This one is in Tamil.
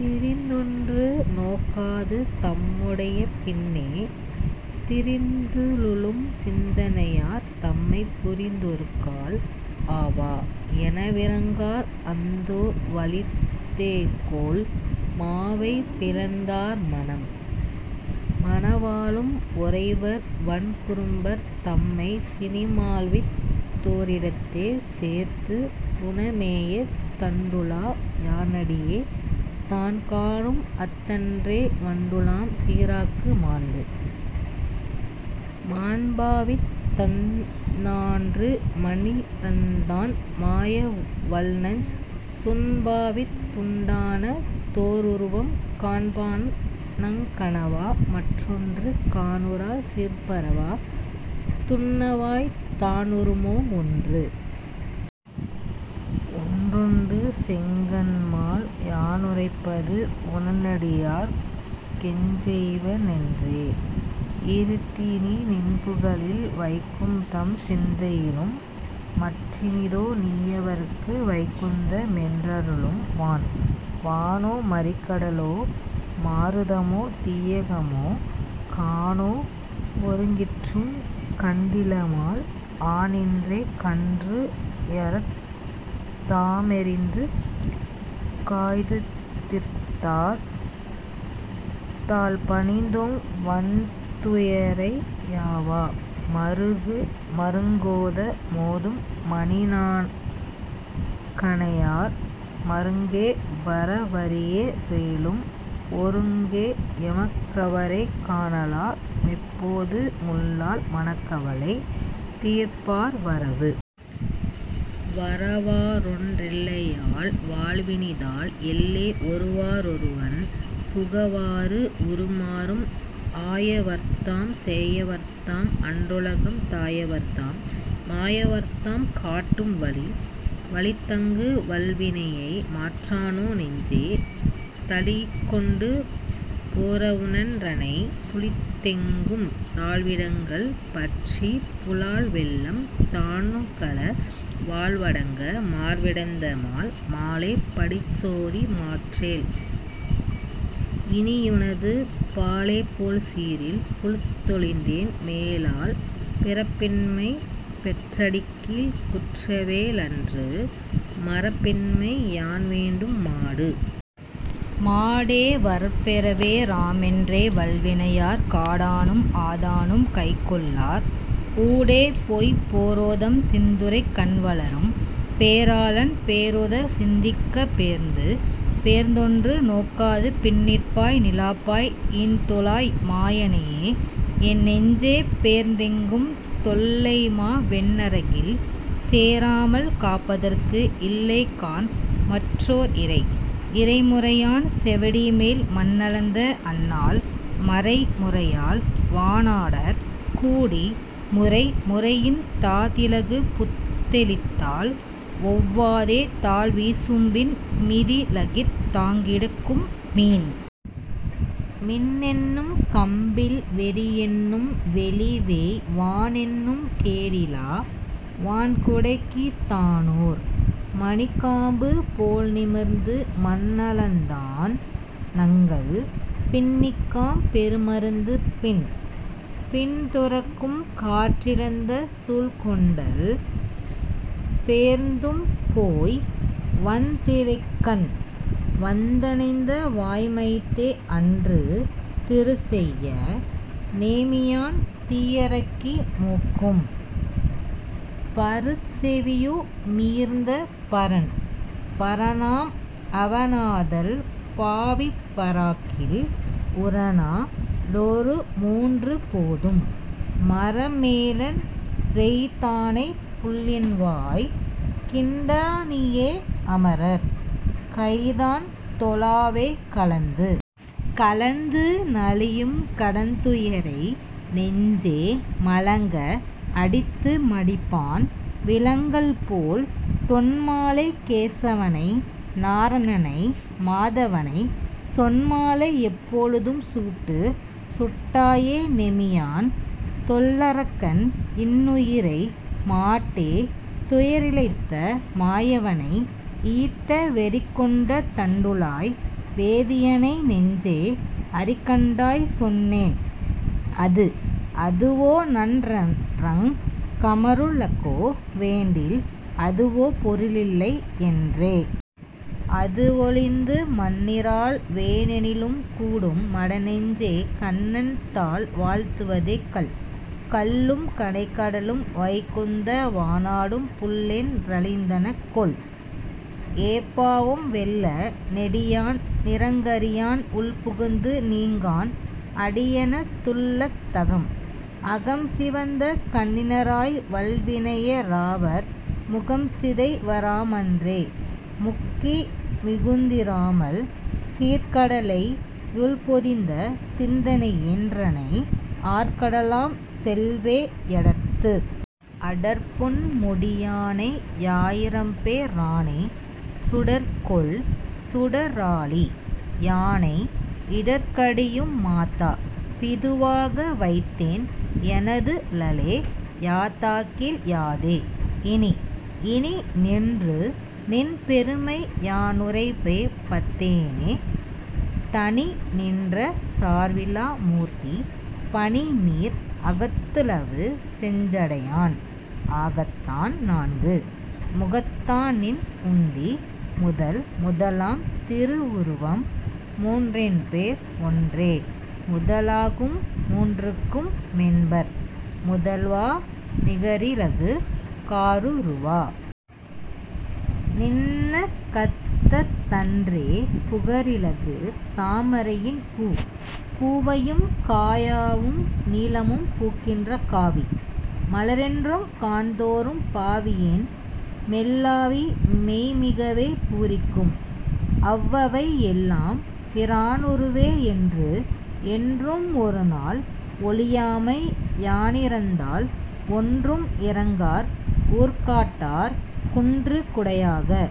பிரிந்தொன்று நோக்காது தம்முடைய பின்னே, திரிந்துழுலும் சிந்தனையார் தம்மை,-புரிந்தொருகால் ஆவா. எனவிரங்கார் அந்தோ. வலித்தேகோல், மாவை பிளந்தார் மனம்? மனவாளும் ஒரைவர் வன்குறும்பர் தம்மை, சினிமாள்வித் தோரிடத்தே சேர்த்து-புனமேய தண்டுழா யானடியே தான்காணும் அஃதன்றே, வண்டுழாம் சீராக்கு மாண்பு? மாண்பாவித் தந்நான்று மணிரந்தான், மாயவள்நஞ் சுண்பாவித் துண்டான தோருருவம்,-காண்பான்நங் கணவா மற்றொன்று காணுறா, சிர்பரவா துண்ணவாய் தானுறுமோ ஒன்று? ஒன்றுண்டு செங்கண்மால். யானுரைப்பது, உன்னடியார்க் கெஞ்செய்வ னென்றே யிரித்திநீ,-நின்புகழில் வைகும்தம் சிந்தையிலும் மற்றினிதோ, நீயவர்க்கு வைகுந்த மென்றருளும் வான்? வானோ மறிகடலோ மாருதமோ தீயகமோ, கானோ ஒருங்கிற்றும் கண்டிலமால், ஆனீன்றே கன்றுயரத் தாமெறிந்து காய்துதிர்த்தார் தாள்பணிந்தோம், வன்துயரை யாவா. மருகு. மருங்கோத மோதும் மணிநா கணையார், மருங்கே வரவரிய ரேலும்,-ஒருங்கே எமக்கவரைக் காணலா மெப்போது முள்ளால், மனக்கவலை தீர்ப்பார் வரவு. வரவாறொன் றில்லையால் வாழ்வினிதால், எல்லே. ஒருவா றொருவன் புகவாறு,-உருமாறும் ஆயவர்தாம் சேயவர்தாம் அன்றுலகம் தாயவர்தாம், மாயவர்தாம் காட்டும் வழி. வழித்தங்கு வல்வினையை மாற்றானோ நெஞ்சே, தழீஇக்கொண்டு போரவுணன் றன்னை,-சுழித்தெங்கும் தாழ்விடங்கள் பற்றிப் புலால்வெள்ளம் தானுகள, வாழ்வடங்க மார்விடந்த மால்? மாலே. படிச்சோதி மாற்றேல், இனியுனது பாலேபோல் சீரில் புழுத்தொழிந்தேன்,-மேலால் பிறப்பின்மை பெற்றடிக்கீழ்க் குற்றவே லன்று, மறப்பின்மை யான்வேண்டும் மாடு. மாடே வரப்பெறவே ராமென்றே, வல்வினையார் காடானும் ஆதானும் கைகொள்ளார்,-ஊடேபோய்ப் போரோதம் சிந்துரைக் கண்வளரும், பேராளன் பேரோதச் சிந்திக்கப் பேர்ந்து. பேர்ந்தொன்று நோக்காது பின்னிற்பாய் நிலாப்பாய் ஈன்தொழாய் மாயனையே என்னெஞ்சே, பேர்ந்தெங்கும் தொல்லைமா வெந்நரகில் சேராமல் காப்பதற்கு இல்லைகாண் மற்றோர் இறை. இறைமுறையான் செவ்வடிமேல் மண்ணளந்த அந்நாள், மறைமுறையால் வானாடர் கூடி,-முறைமுறையின் தாதிலகு புத்தெளித்தால் ஒவ்வாதே, தாழ்வீசும்பின் மீதிலகித் தாங்கிடக்கும் மீன். மின்னென்னும் கம்பில் வெறியென்னும் வெளிவேய் வானென்னும் கேடிலா வான்குடைக்கு,-தானோர் மணிக்காம்பு போல்நிமிர்ந்து மண்ணளந்தான், நங்கள் பிண்ணிக்காம் பெருமருந்து பின். பின்துரக்கும் காற்றிழந்த சூல்கொண்டல் பேர்ந்தும் போய், வன்திரைக்கண் வந்தணைந்த வாய்மைத்தே, அன்று திருசெய்ய நேமியான் தீயரக்கி மூக்கும், பருச்செவியு மீர்ந்த பரன். பரனாம் அவனாதல் பாவிப்ப ராகில், உரனா லொருமூன்று போதும்,-மரமேழன் றெய்தானைப் புள்ளின்வாய் கிண்டானையே, அமரர் கைதான் தொழாவே கலந்து? கலந்து நலியும் கடந்துயரை நெஞ்சே மலங்க அடித்து மடிப்பான்,-விலங்கல்போல் தொன்மாலைக் கேசவனை நாரணனை மாதவனை, சொன்மாலை யெப்பொழுதும் சூட்டு. சுட்டாய நெமியான் தொல்லரக்கன் இன்னுயிரை, மாட்டே துயரிழைத்த மாயவனை,-ஈட்ட வெறிகொண்ட தண்டுழாய் வேதியனை, நெஞ்சே. அறிகண்டாய் சொன்னேன் அது. அதுவோநன் ரென்றங் கமருலகோ வேண்டில், அதுவோ பொருளில்லை யன்றே?, அதுவொழிந்து மண்ணிறாள் வேனெனிலும் கூடும் மடநெஞ்சே, கண்ணன் தாள் வாழ்த்துவதே கல். கல்லும் கனைகடலும் வைகுந்த வானாடும், புல்லென் றழிந்தனகொல் ஏபாவம்,-வெல்ல நெடியான் நிறங்கரியான் உள்புகுந்து நீங்கான், அடியென துள்ளத் தகம். அகம்சிவந்த கண்ணினராய் வல்வினைய ராவர், முகம்சிதைவ ராமன்றே முக்கி,-மிகுந்திராமல் சீர்க்கடலை யுள்பொதிந்த சிந்தனையேன் றன்னை, ஆர்க்கடலாம் செவ்வே யடர்த்து? அடர்ப்பொன் முடியானை யாயிரம்பே ரானை, சுடர்கொள் சுடராழி யானை,-இடர்கடியும் மாதா பிதுவாக வைத்தேன் எனதுளலே யாதாகில் யாதே இனி? இனிநின்று நின்பெருமை யானுரைப்பே பத்தேனே, தனிநின்ற சார்விலா மூர்த்தி,-பனிநீர் அகத்துலவு செஞ்சடையான் ஆகத்தான், நான்கு முகத்தான்நின் உந்தி முதல். முதலாம் திருவுருவம் மூன்றென்பேர், ஒன்றே முதலாகும் மூன்றுக்கும் மென்பர்-முதல்வா, நிகரிலகு காருருவா. நின்னகத்த தன்றே, புகரிலகு தாமரையின் பூ? பூவையும் காயாவும் நீலமும் பூக்கின்ற, காவி மலரென்றும் காண்தோறும், பாவியேன் மெல்லாவி மெய்மிகவே பூரிக்கும், அவ்வவை எல்லாம் பிரானுருவே என்று. என்றும் ஒருநாள் ஒழியாமை யானிரந்தால், ஒன்றும் இரங்கார் உருக்காட்டார்,-குன்று குடையாக